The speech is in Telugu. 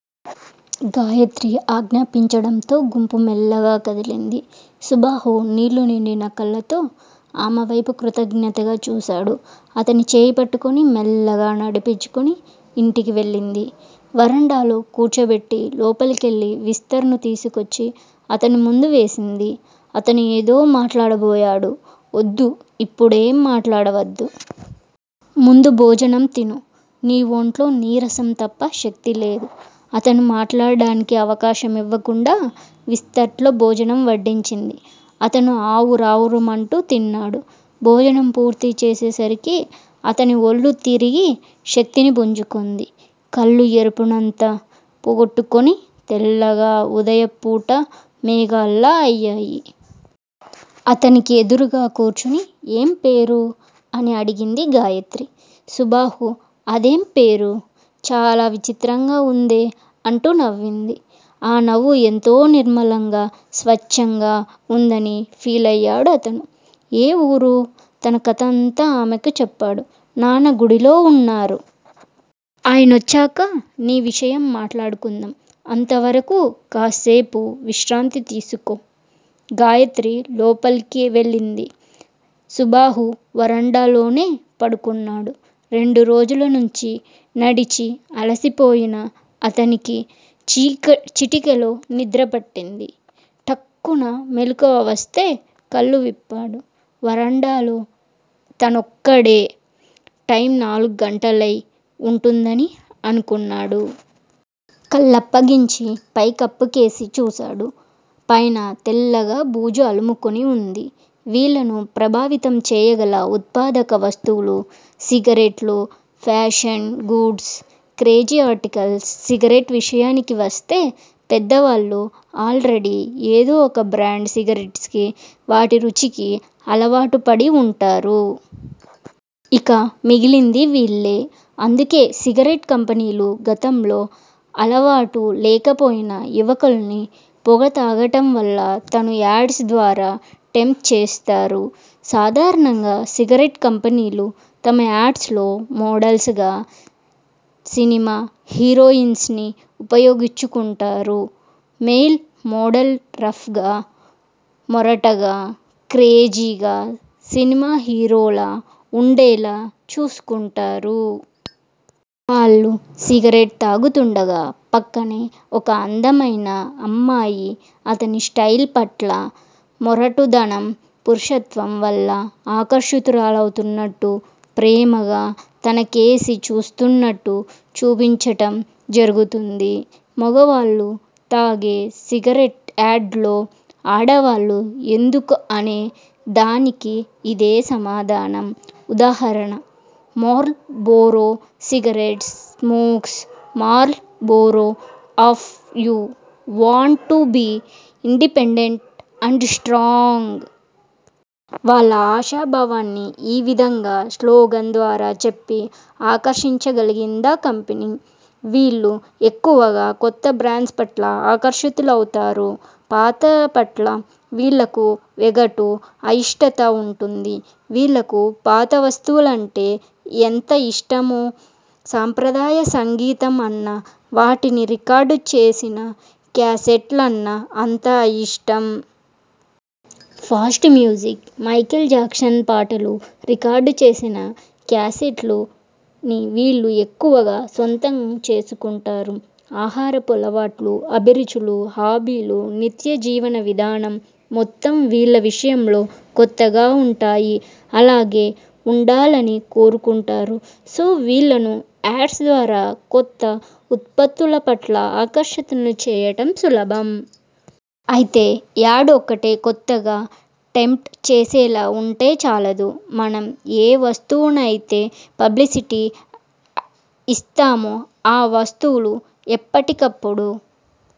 గాయత్రి ఆజ్ఞాపించడంతో గుంపు మెల్లగా కదిలింది. సుబాహు నీళ్ళు నిండిన కళ్ళతో ఆమెవైపు కృతజ్ఞతగా చూశాడు. అతని చేయి పట్టుకుని మెల్లగా నడిపించుకుని ఇంటికి వెళ్ళింది. వరండాలో కూర్చోబెట్టి లోపలికెళ్ళి విస్తరను తీసుకొచ్చి అతను ముందు వేసింది. అతను ఏదో మాట్లాడబోయాడు. ఒద్దు. ఇప్పుడేం మాట్లాడవద్దు. ముందు భోజనం తిను. నీ ఒంట్లో నీరసం తప్ప శక్తిలేదు. అతను మాట్లాడడానికి అవకాశం ఇవ్వకుండా విస్తట్లో భోజనం వడ్డించింది. అతను ఆవురావురుమంటూ తిన్నాడు. భోజనం పూర్తి చేసేసరికి అతని ఒళ్ళు తిరిగి శక్తిని పుంజుకుంది. కళ్ళు ఎరుపునంతా పోగొట్టుకుని తెల్లగా ఉదయంపూట మేఘాల్లా అయ్యాయి. అతని కెదురుగ్గా కూర్చుని ఏం పేరు? అని అడిగింది గాయత్రి. సుబాహు అదేం పేరు? చాలా చిత్రంగా వుందే అంటూ నవ్వింది. ఆ నవ్వు ఎంతో నిర్మలంగా, స్వచ్చంగా వుందని ఫీలయ్యాడు అతను. ఏ వూరు? తన కథనంతా ఆమెకు చెప్పాడు. నాన్న గుడిలో వున్నారు. ఆయనొచ్చాక నీ విషయం మాట్లాడుదాం అంతవరకు కాసేపు విశ్రాంతి తీసుకో. గాయత్రి లోపలి కెళ్లింది. సుబాహు వరండాలోనే పడుకున్నాడు. రెండు రోజుల నుంచి నడిచి అలసిపోయిన అతనికి చిటికెలో నిద్రపట్టింది. ఠక్కున మెలకువ వస్తే కళ్ళు విప్పాడు. వరండాలో తనొక్కడే. టైమ నాలుగు గంటలై వుంటుందని అనుకున్నాడు. కళ్ళప్పగించి, పై కప్పుకేసి చూశాడు. పైన తెల్లగా బూజు అలుముకుని వుంది. వీళ్ళను ప్రభావితం చేయగల ఉత్పాదక వస్తువులు cigarettes, fashion goods, crazy articles cigarette విషయానికి వస్తే పెద్దవాళ్ళు ఆల్ రెడీ ఏదో ఒక బ్రాండ్ సిగరెట్స్ కి, వాటి రుచికి అలవాటుపడి వుంటారు. ఇక మిగిలింది వీళ్ళే. అందుకే సిగరెట్ కంపెనీలు గతంలో అలవాటు లేకపోయినా యువకుల్ని పొగ త్రాగటంవల్ల తను యాడ్స్ ద్వారా టెంప్ట్ చేస్తారు. సాధారణంగా సిగరెట్ కంపెనీలు తమ యాడ్స్ లో మోడల్స్ గా సినిమా హీరో హీరోయిన్స్ ని ఉపయోగిస్తుంటాయి. మేల్ మోడల్ రఫ్ గా, మొరటుగా, క్రేజీగా, సినిమా హీరోలా వుండేలా చూసుకుంటారు. వాళ్ళు సిగరెట్ త్రాగుతుండగా ప్రక్కనే ఒక అందమైన అమ్మాయి అతని స్టయిల్ పట్ల, మొరటుదనం, పురుషత్వం వల్ల ఆకర్షితురాలవుతున్నట్టు, ప్రేమగా అతనికేసి చూస్తున్నట్టు చూపించటం జరుగుతుంది. మగవాళ్ళు తాగే సిగరెట్స్ యాడ్స్ లో ఆడవాల్లు ఎందుకు అనే దానికి ఇదే సమాధానం. ఉదాహరణ- Marlboro cigarettes smoke Marlboro if you want to be independent and strong. వాళ్ళ ఆశాభావాన్ని యీ విధంగా స్లోగన్ ద్వారా చెప్పి ఆకర్షించగలిగిందా కంపెనీ. వీళ్ళు ఎక్కువగా కొత్త బ్రాండ్స్ పట్ల ఆకర్షితులవుతారు. పాతపట్ల వీళ్ళకు వెగటు, అయిష్టత వుంటుంది. వీళ్ళకు పాత వస్తువులంటే ఎంత అయిష్టమో, సంప్రదాయ సంగీతం అన్నా వాటిని రికార్డ్ చేసిన క్యాసెట్స్ అన్నా అంత అయిష్టం. ఫాస్ట్ మ్యూజిక్, మైకేల్ జాక్సన్ పాటలు రికార్డ్ చేసిన క్యాసెట్స్ ని వీళ్ళు ఇష్టంగా, సొంతంగా చేసుకుంటారు. ఆహారపు అలవాట్లు, అభిరుచులు, హాబీలు, నిత్య జీవన విధానం మొత్తం వీళ్ళ విషయంలో కొత్తగా వుంటాయి. అలాగే వుండాలని కోరుకుంటారు. సో వీళ్ళను యాడ్స్ ద్వారా కొత్త ఉత్పత్తులపట్ల ఆకర్షితుల్ని చేయటం సులభం. అయితే యాడ్ ఒక్కటే కొత్తగా, టెంప్ట్ చేసేలా వుంటేచాలదు. మనం ఏ వస్తువుకయితే పబ్లిసిటీ యిస్తామో ఆ వస్తువులు ఎప్పటికప్పుడు